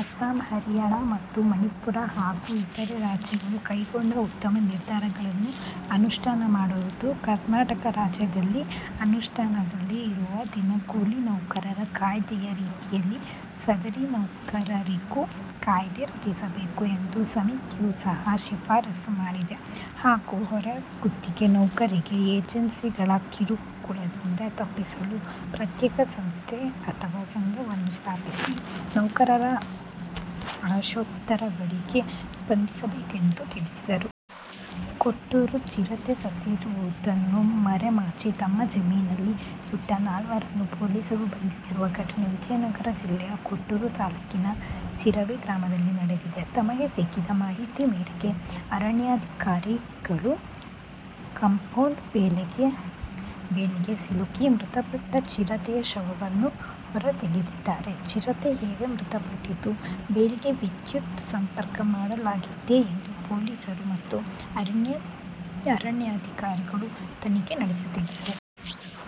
ಅಸ್ಸಾಂ, ಹರಿಯಾಣ ಮತ್ತು ಮಣಿಪುರ ಹಾಗೂ ಇತರೆ ರಾಜ್ಯಗಳು ಕೈಗೊಂಡ ಉತ್ತಮ ನಿರ್ಧಾರಗಳನ್ನು ಅನುಷ್ಠಾನ ಮಾಡುವುದು ಕರ್ನಾಟಕ ರಾಜ್ಯದಲ್ಲಿ ಅನುಷ್ಠಾನದಲ್ಲಿ ಇರುವ ದಿನಗೂಲಿ ನೌಕರರ ಕಾಯ್ದೆಯ ರೀತಿಯಲ್ಲಿ ಸದರಿ ನೌಕರರಿಗೂ ಕಾಯ್ದೆ ರಚಿಸಬೇಕು ಎಂದು ಸಮಿತಿಯು ಸಹ ಶಿಫಾರಸ್ಸು ಮಾಡಿದೆ ಹಾಗೂ ಹೊರಗುತ್ತಿಗೆ ನೌಕರರಿಗೆ ಏಜೆನ್ಸಿಗಳ ಕಿರುಕುಳದಿಂದ ತಪ್ಪಿಸಲು ಪ್ರತ್ಯೇಕ ಸಂಸ್ಥೆ / ಸಂಘವನ್ನು ಸ್ಥಾಪಿಸಿ ನೌಕರರ ಆಶೋತ್ತರಗಳಿಗೆ ಸ್ಪಂದಿಸಬೇಕೆಂದು ಎಂದು ತಿಳಿಸಿದರು. ಕೊಟ್ಟೂರು: ಚಿರತೆ ಸತ್ತಿರುವುದನ್ನು ಮರೆಮಾಚಿ ತಮ್ಮ ಜಮೀನಿನಲ್ಲಿ ಸುಟ್ಟ ನಾಲ್ವರನ್ನು ಪೊಲೀಸರು ಬಂಧಿಸಿರುವ ಘಟನೆ ವಿಜಯನಗರ ಜಿಲ್ಲೆಯ ಕೊಟ್ಟೂರು ತಾಲ್ಲೂಕಿನ ಚಿರಬಿ ಗ್ರಾಮದಲ್ಲಿ ನಡೆದಿದೆ. ತಮಗೆ ಸಿಕ್ಕಿದ ಮಾಹಿತಿ ಮೇರೆಗೆ ಅರಣ್ಯಾಧಿಕಾರಿಗಳು ಕಂಪೌಂಡ್ ಬೇಲಿಗೆ ಸಿಲುಕಿ ಮೃತಪಟ್ಟ ಚಿರತೆಯ ಶವವನ್ನು ಹೊರತೆಗೆದಿದ್ದಾರೆ. ಚಿರತೆ ಹೇಗೆ ಮೃತಪಟ್ಟಿತು, ಬೇಲಿಗೆ ವಿದ್ಯುತ್ ಸಂಪರ್ಕ ಮಾಡಲಾಗಿತ್ತೇ ಎಂದು ಪೊಲೀಸರು ಮತ್ತು ಅರಣ್ಯಾಧಿಕಾರಿಗಳು ತನಿಖೆ ನಡೆಸುತ್ತಿದ್ದಾರೆ.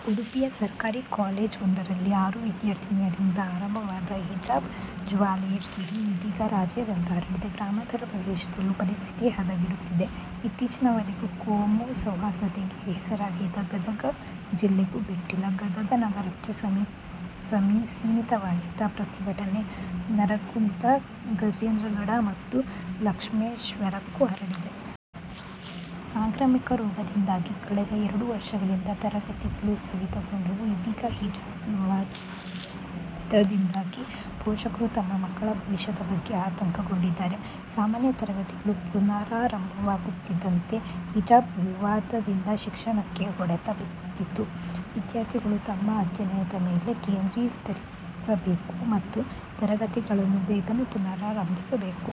ಉಡುಪಿಯ ಸರ್ಕಾರಿ ಕಾಲೇಜ್ ವೊಂದರಲ್ಲಿ ಆರು ವಿದ್ಯಾರ್ಥಿನಿಯರಿಂದ ಆರಂಭವಾದ ಹಿಜಾಬ್ ಜ್ವಾಲೆಯ ಕಿಡಿ ಇದೀಗ ರಾಜ್ಯಾದ್ಯಂತ ಹರಡಿದೆ. ಗ್ರಾಮಾಂತರ ಪ್ರದೇಶದಲ್ಲೂ ಪರಿಸ್ಥಿತಿ ಹದಗೆಡುತ್ತಿದೆ. ಇತ್ತೀಚಿನವರೆಗೂ ಕೋಮು ಸೌಹಾರ್ದತೆಗೆ ಹೆಸರಾಗಿದ್ದ ಗದಗ ಜಿಲ್ಲೆಗೂ ಬಿಟ್ಟಿಲ್ಲ. ಗದಗ ನಗರಕ್ಕೆ ಸೀಮಿತವಾಗಿದ್ದ ಪ್ರತಿಭಟನೆ ನರಗುಂದ, ಗಜೇಂದ್ರಗಡ ಮತ್ತು ಲಕ್ಷ್ಮೇಶ್ವರಕ್ಕೂ ಹರಡಿದೆ. ಸಾಂಕ್ರಾಮಿಕ ರೋಗದಿಂದಾಗಿ ಕಳೆದ ಎರಡು ವರ್ಷಗಳಿಂದ ತರಗತಿಗಳು ಸ್ಥಗಿತಗೊಂಡವು. ಇದೀಗ ಹಿಜಾಬ್ ವಿವಾದದಿಂದಾಗಿ ಪೋಷಕರು ತಮ್ಮ ಮಕ್ಕಳ ಭವಿಷ್ಯದ ಬಗ್ಗೆ ಆತಂಕಗೊಂಡಿದ್ದಾರೆ. ಸಾಮಾನ್ಯ ತರಗತಿಗಳು ಪುನರಾರಂಭವಾಗುತ್ತಿದ್ದಂತೆ, ಹಿಜಾಬ್ ವಿವಾದದಿಂದ ಶಿಕ್ಷಣಕ್ಕೆ ಹೊಡೆತ ಬಿದ್ದಿತು. ವಿದ್ಯಾರ್ಥಿಗಳು ತಮ್ಮ ಅಧ್ಯಯನದ ಮೇಲೆ ಕೇಂದ್ರೀಕರಿಸಬೇಕು ಮತ್ತು ತರಗತಿಗಳನ್ನು ಬೇಗನೆ ಪುನರಾರಂಭಿಸಬೇಕು.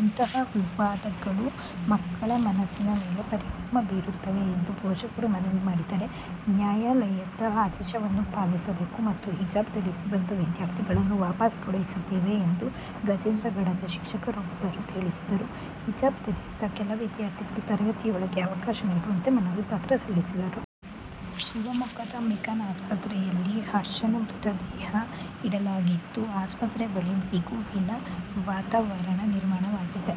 ಇಂತಹ ವಿವಾದಗಳು ಮಕ್ಕಳ ಮನಸ್ಸಿನ ಮೇಲೆ ಪರಿಣಾಮ ಬೀರುತ್ತವೆ ಎಂದು ಪೋಷಕರು ಮನವಿ ಮಾಡಿದ್ದಾರೆ. ನ್ಯಾಯಾಲಯದ ಆದೇಶವನ್ನು ಪಾಲಿಸಬೇಕು ಮತ್ತು ಹಿಜಾಬ್ ಧರಿಸಿ ಬಂದ ವಿದ್ಯಾರ್ಥಿಗಳನ್ನು ವಾಪಸ್ ಕಳುಹಿಸಿದ್ದೇವೆ ಎಂದು ಗಜೇಂದ್ರಗಡದ ಶಿಕ್ಷಕರೊಬ್ಬರು ತಿಳಿಸಿದರು. ಹಿಜಾಬ್ ಧರಿಸಿದ ಕೆಲ ವಿದ್ಯಾರ್ಥಿಗಳು ತರಗತಿಯೊಳಗೆ ಅವಕಾಶ ನೀಡುವಂತೆ ಮನವಿ ಪತ್ರ ಸಲ್ಲಿಸಿದರು. ಶಿವಮೊಗ್ಗದ ಮೆಗ್ಗಾನ್ ಆಸ್ಪತ್ರೆಯಲ್ಲಿ ಹರ್ಷನ ಮೃತದೇಹ ಇಡಲಾಗಿದ್ದು ಆಸ್ಪತ್ರೆ ಬಳಿ ಬಿಗುವಿನ ವಾತಾವರಣ ನಿರ್ಮಾಣವಾಗಿದೆ.